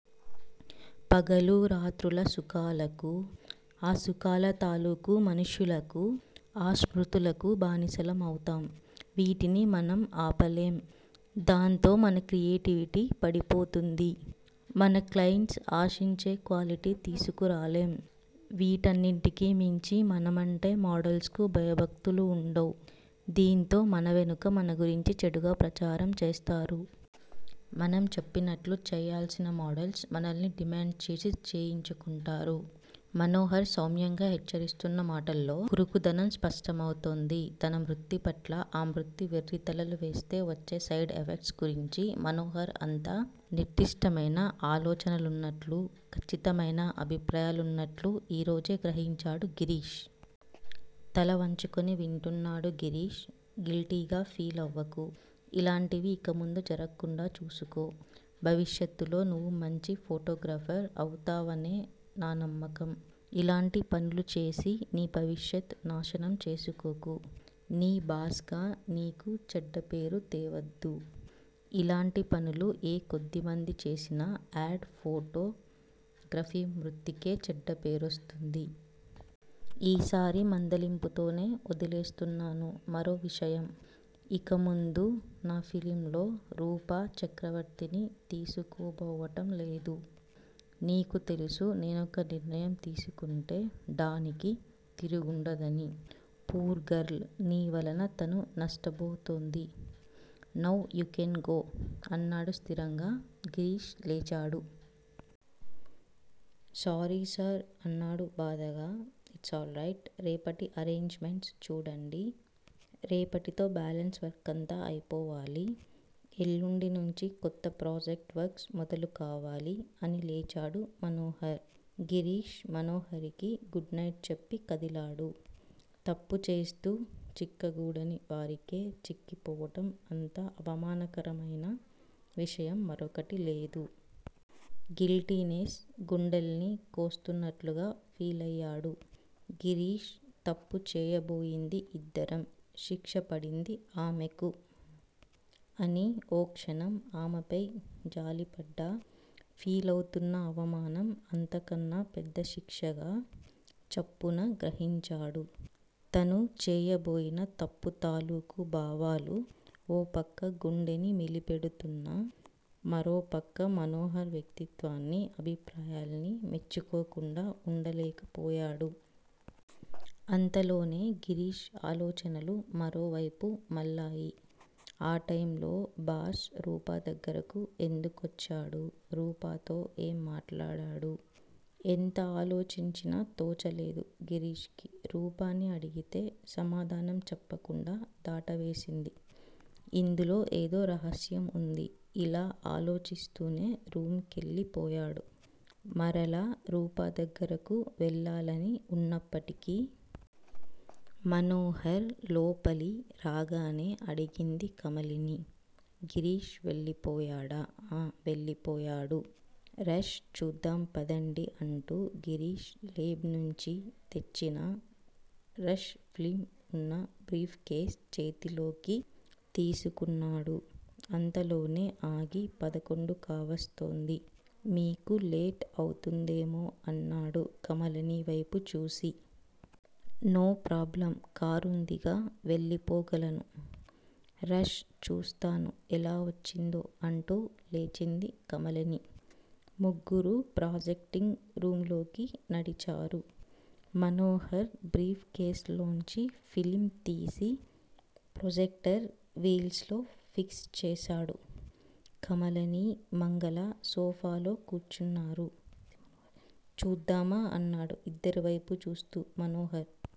పగలు రాత్రుల సుఖాలకు, ఆ సుఖాల తాలూకు మనుష్యులకు, ఆ స్మృతులకు బానిసలమవుతాం. వీటిని మనం ఆపలేం. దాంతో మన క్రియేటివిటీ పడిపోతుంది. మన క్లయింట్స్ ఆశించే క్వాలిటీ తీసుకురాలేం. వీటన్నింటికిమించి మనమంటే మోడల్స్ కు భయభక్తులుండవు. దాంతో మన వెనుక మన గురించి చెడుగా ప్రచారం చేస్తారు. మనం చెప్పినట్లు చేయవల్సిన మోడల్స్ మనల్ని డిమాండ్ చేసి చేయించుకుంటారు మనోహర్ సౌమ్యంగా హెచ్చరిస్తున్నా మాటల్లో కురుకుదనం స్పష్టమవుతోంది. తన వృత్తిపట్ల, ఆ వృత్తి వెర్రితలలు వేస్తే వచ్చే సైడ్ ఎఫెక్ట్సు గురించి మనోహర్ అంత నిర్దుష్టమైన ఆలోచనలున్నట్లు ఖచ్చితమైన అభిప్రాయాలున్నట్లు ఈరోజే గ్రహించాడు గిరీష్. తల వంచుకొనివింటున్నాడు గిరీష్. గిల్టీగా ఫీలవ్వకు. ఇలాంటివి ఇకముందు జరక్కుండా చూసుకో. భవిష్యత్ లో నువ్వు మంచి ఫోటోగ్రాఫర్ అవుతావనే నానమ్మకం. ఇలాంటి పనులుచేసి నీ భవిష్యత్ నాశనం చేసుకోకు. నీ బాస్ గా నీకు చెడ్డపేరు తేవద్దు. ఇలాంటి పనులు ఏ కొద్దిమంది చేసినా యాడ్ ఫోటో గ్రఫీ వృత్తికే చెడ్డ పేరొస్తుంది. ఈసారికి మందలింపుతోనే వదిలేస్తున్నాను మరో విషయం. ఇకముందు నా ఫిల్మ్ లో రూపా చక్రవర్తిని తీసుకోబోవటంలేదు. నీకు తెలుసు నేనొక నిర్ణయం తీసుకుంటే డానికి తిరుగుండదని. పూర్ గర్ల్ నీ వలన తను నష్టపోతోంది నౌ యూ కెన్ గో అన్నాడు స్థిరంగా. గిరీష్ లేచాడు. సారీ సర్ అన్నాడు బాధగా. It's all right! రేపటి అరెంజ్ మెంట్స్ చూడండి. రేపటితో బ్యాలన్స్ వర్కంతా అయిపోవాలి. ఎల్లుండి నుంచి కొత్త ప్రాజెక్టు వర్క్స్ మొదలు కావాలి అని లేచాడు మనోహర్. గిరీష్ మనోహర్ కి గుడ్ నైట్ చెప్పి కదిలాడు. తప్పుచేస్తూ, చిక్క గూడని వారికే చిక్కిపోవటం అంత అవమానకరమైన విషయం మరొకటి లేదు. గిల్టీనేస్ గుండెల్ని కోస్తున్నట్లుగా ఫీలయ్యాడు గిరీష్ తప్పుచేయబోయింది ఇద్దరం. శిక్ష పడింది ఆమెకు. అని ఓ క్షణం ఆమెపై జాలిపడ్డా, ఫీల్ అవుతున్న అవమానం అంతన్నా పెద్ద శిక్షగా చప్పున గ్రహించాడు. తను చేయబోయిన తప్పు తాలూకు భావాలు ఓ ప్రక్క గుండెనిమెలిపెడుతున్నా, మరోప్రక్క మనోహర్ వ్యక్తిత్వాన్ని, అభిప్రాయాల్ని మెచ్చుకోకుండా వుండలేకపోయాడు. అంతలోనే గిరీష్ ఆలోచనలు మరో వైపు మళ్ళాయి. ఆ టైమ్ లో బాస్ రూపా దగ్గరకు ఎందుకొచ్చాడు? రూపాతో ఏం మాట్లాడాడు? ఎంత ఆలోచించినా తోచలేదు గిరీష్ కి రూపాని అడిగితే సమాధానం చెప్పకుండా దాటవేసింది. ఇందులో ఏదో రహస్యం వుంది ఇలా ఆలోచిస్తూనే రూమ్ కెళ్ళిపోయాడు-మరలా రూపా దగ్గరకు వెళ్ళాలని వున్నప్పటికి. మనోహర్ లోపలి రాగానే అడిగింది కమలిని. గిరీష్ వెళ్ళిపోయాడా? ఆ వెళ్ళిపోయాడు. రష్ చూద్దాం పదండి అంటూ గిరీష్ లేబ్ నుంచి తెచ్చిన రష్ ఫిల్మ్ వున్న బ్రీఫ్ కేస్ చేతిలోకి తీసుకున్నాడు. అంతలోనే ఆగి పదకొండు కావస్తోంది. మీకు లేట్ అవుతుందేమో అన్నాడు కమలినివైపు చూసి. నో ప్రాబ్లమ్ కారుందిగా వెళ్ళిపోగలను. రష్ చూస్తాను ఎలా వచ్చిందో అంటూ లేచింది కమలిని. ముగ్గురూ ప్రాజెక్టింగ్ రూమ్ లోకి నడిచారు. మనోహర్ బ్రీఫ్ కేసులోంచి ఫిల్మ్ తీసి ప్రొజెక్టర్ వీల్స్ లో ఫిక్స్ చేసాడు. కమలిని, మంగళ సోఫాలో కూర్చున్నారు. చూద్దామా? అన్నాడు ఇద్దరివేపు చూస్తూ మనోహర్.